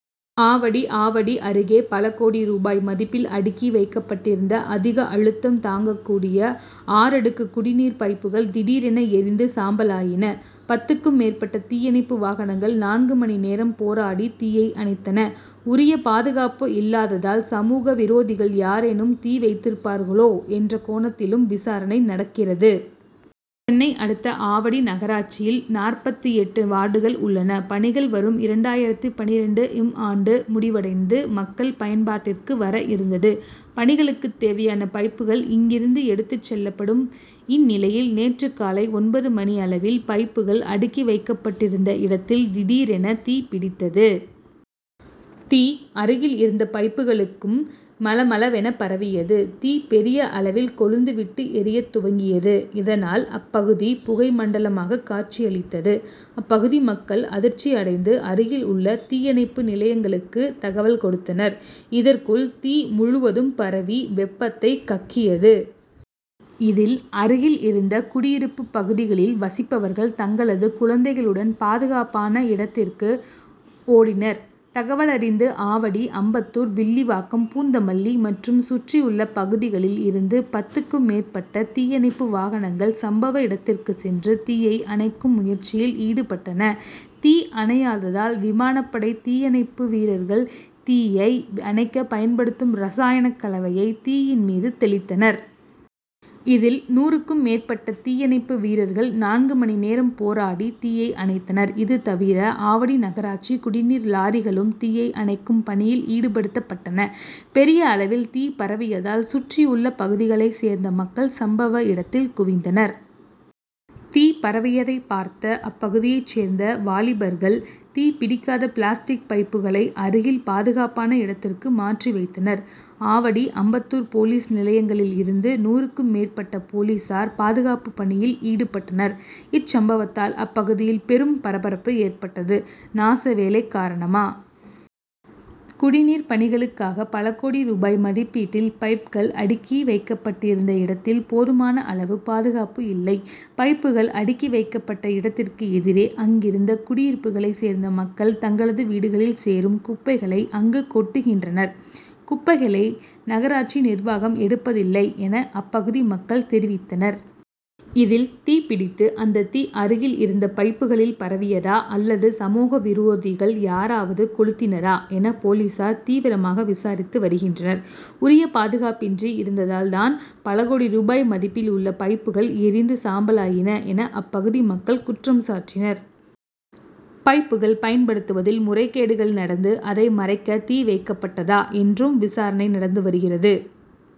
ஆவடி ஆவடி அருகே பல கோடி ரூபாய் மதிப்பில் அடுக்கி வைக்கப்பட்டிந்த அதிக அழுத்தம் தாங்கக் கூடிய ஆறடுக்கு குடிநீர் பைப்புகள் திடீரென எரிந்து சாம்பலாயின. பத்துக்கும் மேற்பட்ட தீயணைப்பு வாகனங்கள் நான்கு மணி நேரம் போராடி தீயை அணைத்தன. உரிய பாதுகாப்பு இல்லாதாதல், சமூக விரோதிகள் யாரேனும் தீ வைத்திருப்பார்களோ என்ற கோணத்திலும் விசாரணை நடக்கிறது. சென்னை அடுத்த ஆவடி நகராட்சியில் நாற்பத்து எட்டு வார்டுகள் உள்ளன. பணிகள், வரும் இரண்டாயிரத்து பன்னிரண்டு ம் ஆண்டு முடிவடைந்து மக்கள் பயன்பாட்டிற்கு வர இருந்தது. பணிகளுக்குத் தேவையான பைப்புகள் இங்கிருந்து எடுத்துச் செல்லப்படும். இந்நிலையில், நேற்று காலை ஒன்பது மணி அளவில், பைப்புகள் அடுக்கி வைக்கப்பட்டிருந்த இடத்தில் திடீரென தீப்பிடித்தது. தீ, அருகில் இருந்த பைப்புகளுக்கும் மளமள'வென பரவியது. தீ பெரிய அளவில் கொழுந்து விட்டு எரியத் துவங்கியது. இதனால், அப்பகுதி புகை மண்டலமாக காட்சியளித்தது. அப்பகுதி மக்கள் அதிர்ச்சி அடைந்து அருகில் உள்ள தீயணைப்பு நிலையங் களுக்கு தகவல் கொடுத்தனர். இதற்குள் தீ முழுவதும் பரவி வெப்பத்தை கக்கியது. இதில், அருகில் இருந்த குடியிருப்பு பகுதிகளில் வசிப்பவர்கள் தங்களது குழந்தைகளுடன் பாதுகாப்பான இடத்திற்கு ஓடினர். தகவலறிந்து ஆவடி, அம்பத்தூர், வில்லிவாக்கம், பூந்தமல்லி மற்றும் சுற்றியுள்ள பகுதிகளில் இருந்து பத்துக்கும் மேற்பட்ட தீயணைப்பு வாகனங்கள் சம்பவ இடத்திற்குச் சென்று, தீயை அணைக்கும் முயற்சியில் ஈடுபட்டன. தீ அணையாததால், விமானப்படை தீயணைப்பு வீரர்கள் தீயை அணைக்க பயன்படுத்தும் ரசாயனக் கலவையை, தீயின் மீது தெளித்தனர். இதில், நூறுக்கும் மேற்பட்ட தீயணைப்பு வீரர்கள் நான்கு மணி நேரம் போராடி தீயை அணைத்தனர். இது தவிர, ஆவடி நகராட்சி குடிநீர் லாரிகளும் தீயை அணைக்கும் பணியில் ஈடுபடுத்தப் பட்டன. பெரிய அளவில் தீ பரவியதால் சுற்றியுள்ள பகுதிகளைச் சேர்ந்த மக்கள், சம்பவ இடத்தில் குவிந்தனர். தீ பரவியதை பார்த்த அப்பகுதியைச் சேர்ந்த வாலிபர்கள், தீ பிடிக்காத பிளாஸ்டிக் பைப்புகளை அருகில் பாதுகாப்பான இடத்திற்கு மாற்றி வைத்தனர். ஆவடி, அம்பத்தூர் போலீஸ் நிலையங்களில் இருந்து நூறுக்கும் மேற்பட்ட போலீசார் பாதுகாப்பு பணியில் ஈடுபட்டனர். இச்சம்பவத்தால் அப்பகுதியில் பெரும் பரபரப்பு ஏற்பட்டது. நாசவேலை காரணமா? குடிநீர் பணிகளுக்காக பலகோடி ரூபாய் மதிப்பீட்டில் பைப்கள் அடுக்கி வைக்கப் பட்டிருந்த இடத்தில் போதுமான அளவு பாதுகாப்பு இல்லை. பைப்புகள் அடுக்கி வைக்கப் பட்ட இடத்திற்கு எதிரே அங்கிருந்த குடியிருப்புகளைச் சேர்ந்த மக்கள் தங்களது வீடுகளில் சேரும் குப்பைகளை அங்கு கொட்டுகின்றனர். குப்பைகளை நகராட்சி நிர்வாகம் எடுப்பதில்லை என, அப்பகுதி மக்கள் தெரிவித்தனர். இதில் தீப்பிடித்து, அந்த தீ அருகில் இருந்த பைப்புகளில் பரவியதா அல்லது சமூக விரோதிகள் யாராவது கொளுத்தினரா என, போலீசார் தீவிரமாக விசாரித்து வருகின்றனர். உரிய பாதுகாப்பின்றி இருந்ததால் தான் பலகோடி ரூபாய் மதிப்பில் உள்ள பைப்புகளை எரிந்து சாம்பலாயின என அப்பகுதி மக்கள் குற்றம் சாட்டினர். பைப்புகள் பயன்படுத்துவதில் முறைகேடுகள் நடந்து, அதை மறைக்க தீ வைக்கப்பட்டதா? என்றும் விசாரணை நடந்து வருகிறது.